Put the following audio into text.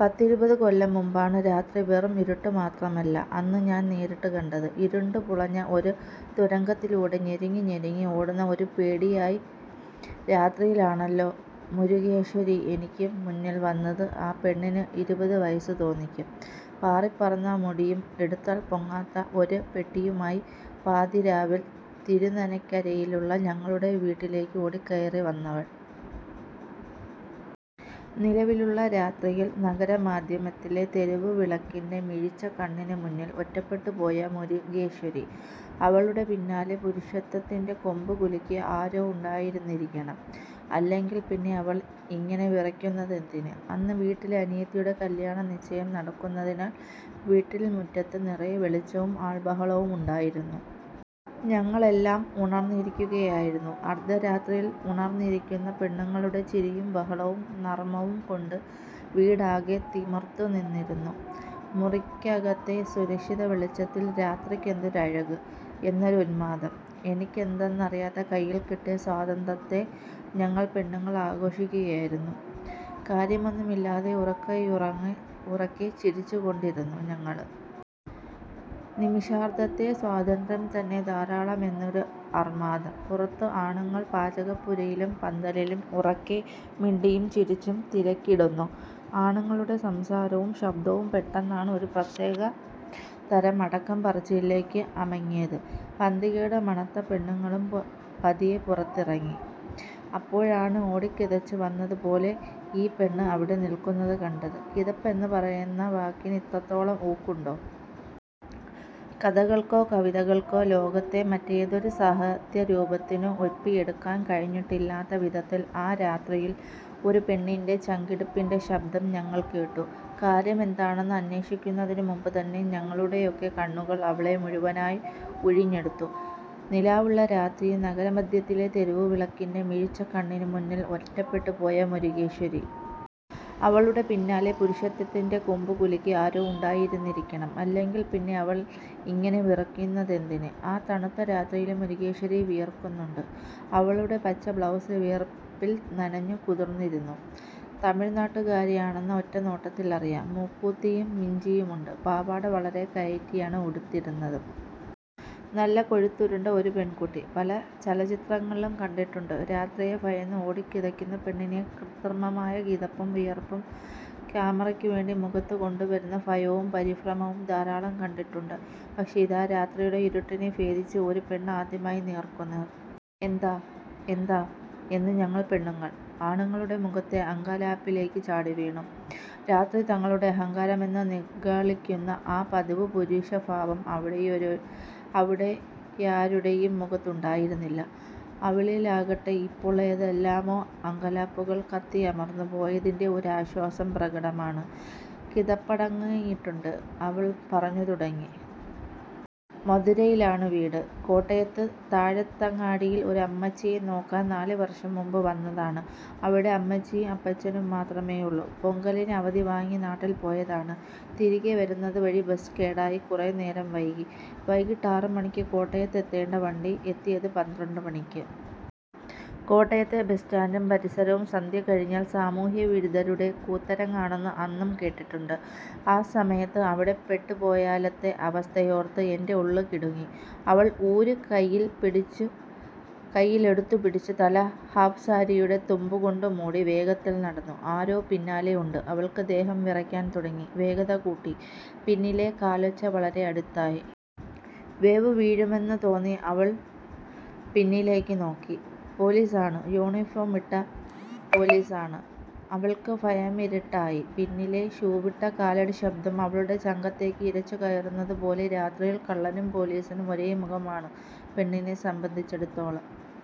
പത്തിരുപതുകൊല്ലം മുമ്പാണ് രാത്രി വെറും ഇരുട്ട് മാത്രമല്ല അന്ന് ഞാൻ നേരിട്ട് കണ്ടത്. ഇരുണ്ടു പുളഞ്ഞ ഒരു തുരങ്കത്തിലൂടെ ഞെരുങ്ങി ഞെരുങ്ങി ഓടുന്ന ഒരു പേടിയായി ആ രാത്രിയിലാണല്ലോ മുരുകേശ്വരി എനിക്ക് മുന്നിൽ വന്നത് ആ പെണ്ണിന് ഇരുപതു വയസ്സ് തോന്നിക്കും. പാറിപ്പറന്ന മുടിയും എടുത്താൽ പൊങ്ങാത്ത ഒരു പെട്ടിയുമായി പാതിരാവിൽ തിരുനക്കരയിലുള്ള ഞങ്ങളുടെ വീട്ടിലേക്കു ഓടിക്കയറി വന്നവൾ. നിലാവുള്ള രാത്രിയിൽ നഗരമധ്യത്തിലെ തെരുവുവിളക്കിന്റെ മിഴിച്ച കണ്ണിനു മുന്നിൽ ഒറ്റപ്പെട്ടു പോയ മുരുകേശ്വരി. അവളുടെ പിന്നാലെ പുരുഷത്വത്തിന്റെ കൊമ്പ് കുലുക്കി ആരോ ഉണ്ടായിരുന്നിരിക്കണം. അല്ലെങ്കിൽ പിന്നെ അവൾ ഇങ്ങനെ വിറക്കുന്നതെന്തിന്? അന്ന് വീട്ടില് അനിയത്തിയുടെ കല്യാണനിശ്ചയം നടക്കുന്നതിനാൽ വീട്ടിൽ മുറ്റത്ത് നിറയെ വെളിച്ചവും ആൾ ബഹളവും ഉണ്ടായിരുന്നു. ഞങ്ങൾ എല്ലാം ഉണർന്നിരിക്കുകയായിരുന്നു. അർദ്ധരാത്രിയിൽ ഉണർന്നിരിക്കുന്ന പെണ്ണുങ്ങളുടെ ചിരിയും ബഹളവും നർമ്മവും കൊണ്ട് വീട് ആകെ തിമിർത്തു നിന്നിരുന്നു. മുറിക്കകത്തെ സുരക്ഷിതവെളിച്ചത്തിൽ രാത്രിക്ക് എന്തൊരു അഴക്!! എന്തൊരു ഉന്മാദം!! എന്തിനെന്നറിയാതെ കയ്യിൽ കിട്ടിയ സ്വാതന്ത്ര്യത്തെ ഞങ്ങൾ പെണ്ണുങ്ങൾ ആഘോഷിക്കുകയായിരുന്നു. കാര്യമൊന്നുമില്ലാതെ ഉറക്കെയുറക്കെ ചിരിച്ചു കൊണ്ടിരുന്നു ഞങ്ങള്. നിമിഷാർദ്ധത്തെ സ്വാതന്ത്ര്യം തന്നെ ധാരാളം എന്നൊരു അർമാദം. പുറത്തു ആണുങ്ങൾ പാചകപ്പുരയിലും പന്തലിലും ഉറക്കെ മിണ്ടിയും ചിരിച്ചും തിരക്കിടുന്നു. ആണുങ്ങളുടെ സംസാരവും ശബ്ദവും പെട്ടെന്നാണ് ഒരു പ്രത്യേക തരം അടക്കം പറച്ചിലിലേക്ക് അമങ്ങിയത്. പന്തികേട് മണത്ത പെണ്ണുങ്ങളും പതിയെ പുറത്തേക്കിറങ്ങി. അപ്പോഴാണ് ഓടിക്കിതച്ചുവന്നത് പോലെ ഈ പെണ്ണ് അവിടെ നിൽക്കുന്നത് കണ്ടത് കിതപ്പ് എന്ന് പറയുന്ന വാക്കിനു ഇത്രത്തോളം ഊക്കുണ്ടോ? കഥകൾക്കോ കവിതകൾക്കോ ലോകത്തെ മറ്റേതൊരു സാഹിത്യരൂപത്തിനോ ഒപ്പിയെടുക്കാൻ കഴിഞ്ഞിട്ടില്ലാത്ത വിധത്തിൽ ആ രാത്രിയിൽ ഒരു പെണ്ണിന്റെ ചങ്കിടിപ്പിന്റെ ശബ്ദം ഞങ്ങൾ കേട്ടു കാര്യം എന്താണെന്ന് അന്വേഷിക്കുന്നതിനു മുമ്പ് തന്നെ ഞങ്ങളുടെയൊക്കെ കണ്ണുകൾ അവളെ മുഴുവനായി ഉഴിഞ്ഞെടുത്തു. നിലാവുള്ള രാത്രിയിൽ നഗരമധ്യത്തിലെ തെരുവുവിളക്കിന്റെ മിഴിച്ച കണ്ണിനു മുന്നിൽ ഒറ്റപ്പെട്ടു പോയ മുരുകേശ്വരി. അവളുടെ പിന്നാലെ പുരുഷത്വത്തിന്റെ കൊമ്പ് കുലുക്കി ആരോ ഉണ്ടായിരുന്നിരിക്കണം. അല്ലെങ്കിൽ പിന്നെ അവൾ ഇങ്ങനെ വിറക്കുന്നതെന്തിന്? ആ തണുത്ത രാത്രിയിലും മുരുകേശ്വരി വിയർക്കുന്നുണ്ട്. അവളുടെ പച്ച ബ്ലൗസ് വിയർപ്പിൽ നനഞ്ഞു കുതിർന്നിരുന്നു. തമിഴ് നാട്ടുകാരിയാണെന്നു ഒറ്റ നോട്ടത്തിൽ അറിയാം. മൂക്കുത്തിയും മിഞ്ചിയുമുണ്ട്. പാവാട വളരെ കയറ്റിയാണ് ഉടുത്തിരുന്നത്. നല്ല കൊഴുത്തുരുണ്ട ഒരു പെൺകുട്ടി. പല ചലച്ചിത്രങ്ങളിലും കണ്ടിട്ടുണ്ട് രാത്രിയെ ഭയന്ന് ഓടിക്കിതക്കുന്ന പെണ്ണിനെ കൃത്രിമമായ കിതപ്പും വിയർപ്പും കാമറക്ക് വേണ്ടി മുഖത്ത് കൊണ്ടുവരുന്ന ഭയവും പരിഭ്രമവും ധാരാളം കണ്ടിട്ടുണ്ട് പക്ഷെ, ഇതാ രാത്രിയുടെ ഇരുട്ടിനെ ഭേദിച്ച് ഒരു പെണ്ണ് ആദ്യമായി നേർക്കുനേർ. ' എന്താ എന്താ ' എന്ന് ഞങ്ങൾ പെണ്ണുങ്ങൾ, ആണുങ്ങളുടെ മുഖത്തെ അങ്കലാപ്പിലേക്ക് ചാടിവീണു. രാത്രി തങ്ങളുടെ അഹങ്കാരമെന്നു നിഗളിക്കുന്ന ആ പതിവുപുരുഷഭാവം അവരുടെയാരുടെയും മുഖത്തുണ്ടായിരുന്നില്ല. അവളിലാകട്ടെ ഇപ്പോൾ ഏതെല്ലാമോ അങ്കലാപ്പുകൾ കത്തിയമർന്നു പോയതിന്റെ ഒരു ആശ്വാസം പ്രകടമാണ്. കിതപ്പടങ്ങിയിട്ടുണ്ട്. അവൾ പറഞ്ഞു തുടങ്ങി. ' മധുരയിലാണ് വീട്. കോട്ടയത്ത് താഴത്തങ്ങാടിയിൽ ഒരു അമ്മച്ചിയെ നോക്കാൻ നാല് വർഷം മുമ്പ് വന്നതാണ്. അവിടെ അമ്മച്ചിയും അപ്പച്ചനും മാത്രമേയുള്ളൂ. പൊങ്കലിന് അവധി വാങ്ങി നാട്ടിൽ പോയതാണ്. തിരിയെ വരുന്നത് വഴി ബസ് കേടായി കുറെ നേരംവൈകി. വൈകിട്ട് ആറുമണിക്ക് കോട്ടയത്ത് എത്തേണ്ട വണ്ടി എത്തിയതു പന്ത്രണ്ട് മണിക്ക് '. കോട്ടയത്തെ ബസ്സ് സ്റ്റാൻഡും പരിസരവും സന്ധ്യ കഴിഞ്ഞാൽ സാമൂഹ്യവിരുദ്ധതയുടെ കൂത്തരങ്ങാണെന്ന് അന്നും കേട്ടിട്ടുണ്ട്. അസമയത്ത് അവിടെ പെട്ട് പോയാലത്തെ അവസ്ഥയോർത്തു എന്റെ ഉള്ള് കിടുങ്ങി. അവൾ ഊര് കയ്യിലെടുത്തുപിടിച്ച് തല ഹാഫ്സാരിയുടെ തുമ്പു കൊണ്ട് മൂടി വേഗത്തിൽ നടന്നു. ആരോ പിന്നാലെ ഉണ്ട് അവൾക്കു ദേഹം വിറക്കാൻ തുടങ്ങി വേഗത കൂട്ടി പിന്നിലെ കാലൊച്ച വളരെ അടുത്തായി. വേച്ച് വീഴുമെന്നു തോന്നി അവൾ പിന്നിലേക്ക് നോക്കി. പോലീസാണ് യൂണിഫോമിട്ട പോലീസാണ്. അവൾക്കു ഭയമിരട്ടിയായി. പിന്നിലെ ഷൂവിട്ട കാലടിശബ്ദം അവളുടെ ചങ്കത്തേക്ക് ഇരച്ചു കയറുന്നത് പോലെ രാത്രിയിൽ കള്ളനും പോലീസിനും ഒരേ മുഖമാണ് പെണ്ണിനെ സംബന്ധിച്ചിടത്തോളം.